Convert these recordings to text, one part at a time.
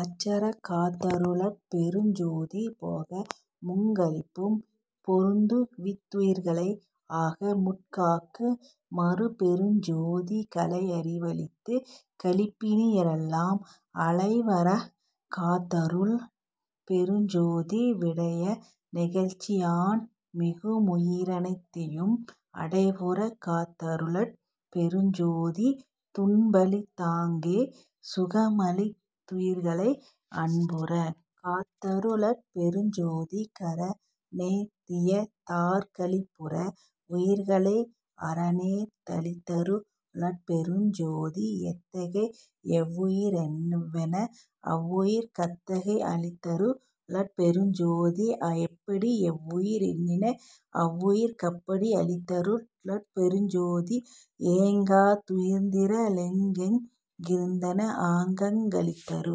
அச்சறக் காத்தரு ளருட்பெருஞ் ஜோதி போகமுங் களிப்பும் பொருந்துவித் துயிர்களை ஆகமுட் cock மருட்பெருஞ் ஜோதி கலையறி வளித்துக் களிப்பினி யிரெலாம் அலைவறக் காத்தரு ளருட்பெருஞ் ஜோதி விடய நிகழ்ச்சியான் மிகுமுயி ரனைத்தையும் அடைவுறக் காத்தரு ளருட்பெருஞ் ஜோதி துன்பளித் தாங்கே சுகமளித் துயிர்களை அன்புறக் காத்தரு ளருட்பெருஞ் ஜோதி கரணேந் தியத்தாற் களிப்புற வுயிர்களை அரணேர்ந் தளித்தரு ளருட்பெருஞ் ஜோதி எத்தகை யெவ்வுயி ரெண்ணின வவ்வுயிர்க் கத்தகை யளித்தரு ளருட்பெருஞ் ஜோதி எப்படி யெவ்வுயி ரெண்ணின வவ்வுயிர்க் கப்படி யளித்தரு ளருட்பெருஞ் ஜோதி ஏங்கா துயிர்த்திர ளெங்கெங் கிருந்தன ஆங்காங் களித்தரு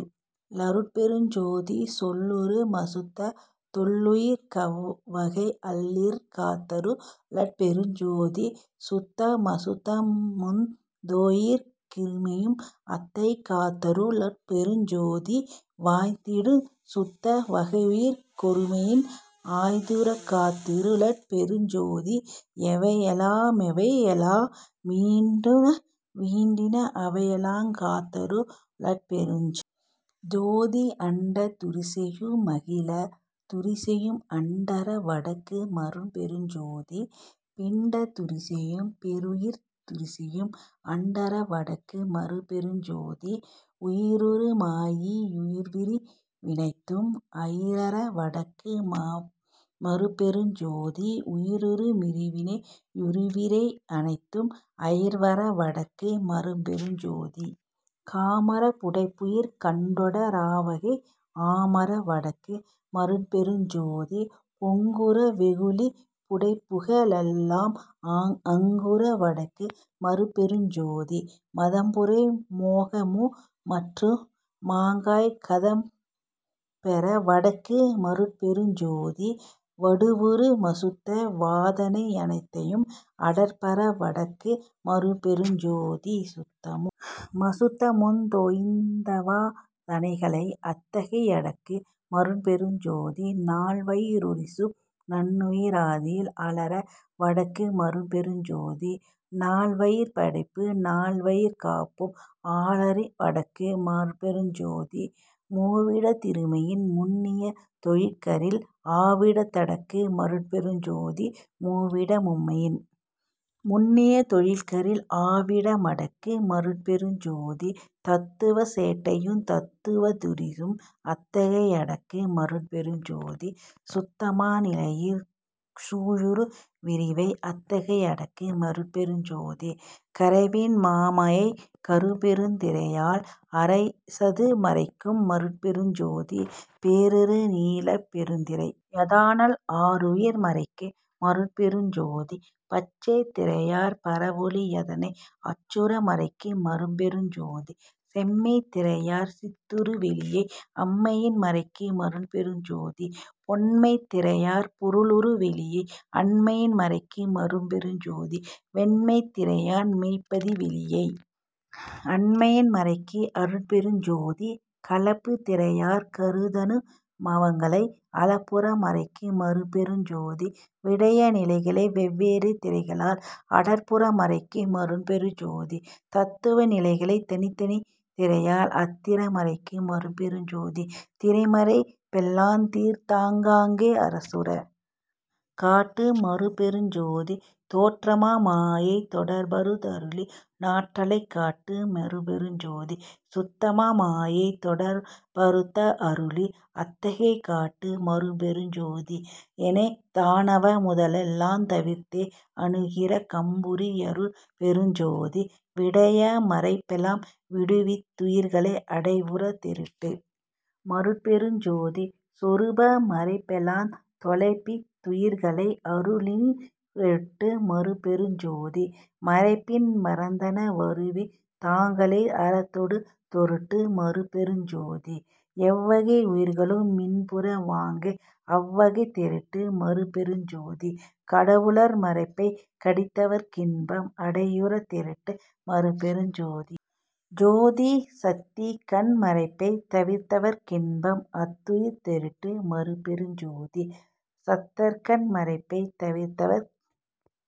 ளருட்பெருஞ் ஜோதி சொல்லுறு மசுத்தத் தொல்லுயிர்க் கவ்வகை அல்லலிற் காத்தரு ளருட்பெருஞ் ஜோதி சுத்தமு மசுத்தமுந் தோயுயிர்க் கிருமையின் அத்தகை காத்தரு ளருட்பெருஞ் ஜோதி வாய்ந்திடுஞ் சுத்த வகையுயிர்க் கொருமையின் ஆய்ந்துறக் காத்தரு ளருட்பெருஞ் ஜோதி எவையெலா மெவையெலா மீண்டின வீண்டின அவையெலாங் காத்தரு ளருட்பெருஞ் ஜோதி அண்டத் துரிசையு மகிலத் துரிசையும் அண்டற வடக்கு மருட்பெருஞ் ஜோதி பிண்டத் துரிசையும் பேருயிர்த் துரிசையும் அண்டற வடக்கு மருட்பெருஞ் ஜோதி உயிருறு மாயையி னுறுவிரி வனைத்தும் அயிரற வடக்கு மருட்பெருஞ் ஜோதி உயிருறு மிருவினை யுறுவிரி வனைத்தும் அயர்வற வடக்கு மருட்பெருஞ் ஜோதி காமப் புடைப்புயிர் கண்டொட ராவகை ஆமற வடக்கு மருட்பெருஞ் ஜோதி பொங்குற வெகுளிப் புடைப்புக ளெல்லாம் அங்கற வடக்கு மருட்பெருஞ் ஜோதி மதம்புரை மோகமு மற்றவு மாங்காங் கதம்பெற வடக்கு மருட்பெருஞ் ஜோதி வடுவுறு மசுத்த வாதனை யனைத்தையும் அடர்பற வடக்கு மருட்பெருஞ் ஜோதி சுத்தமு மசுத்தமுந் தோய்ந்தவா தனைகளை அத்தகை யடக்கு மருட்பெருஞ் ஜோதி நால்வயிற் றுரிசும் நண்ணுயி ராதியில் ஆலற வடக்கு மருட்பெருஞ் ஜோதி நால்வயிற் படைப்பு நால்வயிற் காப்பும் ஆலற வடக்கு மருட்பெருஞ் ஜோதி மூவிடத் திருமையின் முன்னிய தொழிற்கரில் ஆவிடத் தடக்கு மருட்பெருஞ் ஜோதி மூவிட மும்மையின் முன்னிய தொழிற்கரில் ஆவிட மடக்கு மருட்பெருஞ் ஜோதி தத்துவச் சேட்டையுந் தத்துவத் துரிசும் அத்தகை யடக்கு மருட்பெருஞ் ஜோதி சுத்தமா நிலையிற் சூழுறு விரிவை அத்தகை யடக்கு மருட்பெருஞ் ஜோதி கரைவின் மாமாயைக் கரும்பெருந் திரையால் அரைசது மறைக்கு மருட்பெருஞ் ஜோதி பேருறு நீலப் பெருந்திரை யதனால் ஆருயிர் மறைக்கு மருட்பெருஞ் ஜோதி பச்சைத் திரையாற் பரவொளி யதனை அச்சுற மறைக்கு மருட்பெருஞ் ஜோதி செம்மைத் திரையாற் சித்துறு வெளியை அம்மையின் மறைக்கு மருட்பெருஞ் ஜோதி பொன்மைத் திரையாற் பொருளுறு வெளியை அண்மையின் மறைக்கு மருட்பெருஞ் ஜோதி வெண்மைத் திரையான் மெய்ப்பதி வெளியை அண்மையின் மறைக்கு அருட்பெருஞ் ஜோதி கலப்புத் திறையாற் கருதனு பவங்களை அலப்புற மறைக்கு மருட்பெருஞ் ஜோதி விடய நிலைகளை வெவ்வேறு திரைகளால் அடர்புற மறைக்கு மருட்பெருஞ் ஜோதி தத்துவ நிலைகளைத் தனித்தனித் திரையால் அத்திற மறைக்கு மருட்பெருஞ் ஜோதி திரைமறைப் பெல்லாந் தீர்த்தாங் காங்கே அரசுறக் காட்டு மருட்பெருஞ் ஜோதி தோற்றமா மாயைத் தொடர்பறுத் தருளி னாற்றலைக் காட்டு மருட்பெருஞ் ஜோதி சுத்தமா மாயைத் தொடர்பறுத் தருளி அத்தகை காட்டு மருட்பெருஞ் ஜோதி எனைத்தா ணவமுத லெல்லாந் தவிர்த்தே அனுக்கிர கம்புரி யருட்பெருஞ் ஜோதி விடய மறைப்பெலாம் விடுவித் துயிர்களை அடைவுறத் தெருட்டு மருட்பெருஞ் ஜோதி சொருப மறைப்பெலாந் தொலைப்பித் துயிர்களை அருளினிற் றெருட்டு மருட்பெருஞ் ஜோதி மறைப்பின் மறந்தன வருவித் தாங்களே அறத்தொடு தெருட்டு மருட்பெருஞ் ஜோதி எவ்வகை யுயிர்களு மின்புற வாங்கே அவ்வகை தெருட்டு மருட்பெருஞ் ஜோதி கடவுளர் மறைப்பைக் கடிந்தவர்க் கின்பம் அடையுறத் தெருட்டு மருட்பெருஞ் ஜோதி சத்திகண் மறைப்பைத் தவிர்த்தவர்க் கின்பம் அத்துறத் தெருட்டு மருட்பெருஞ் ஜோதி சத்தர்கண் மறைப்பைத் தவிர்த்தவர்க்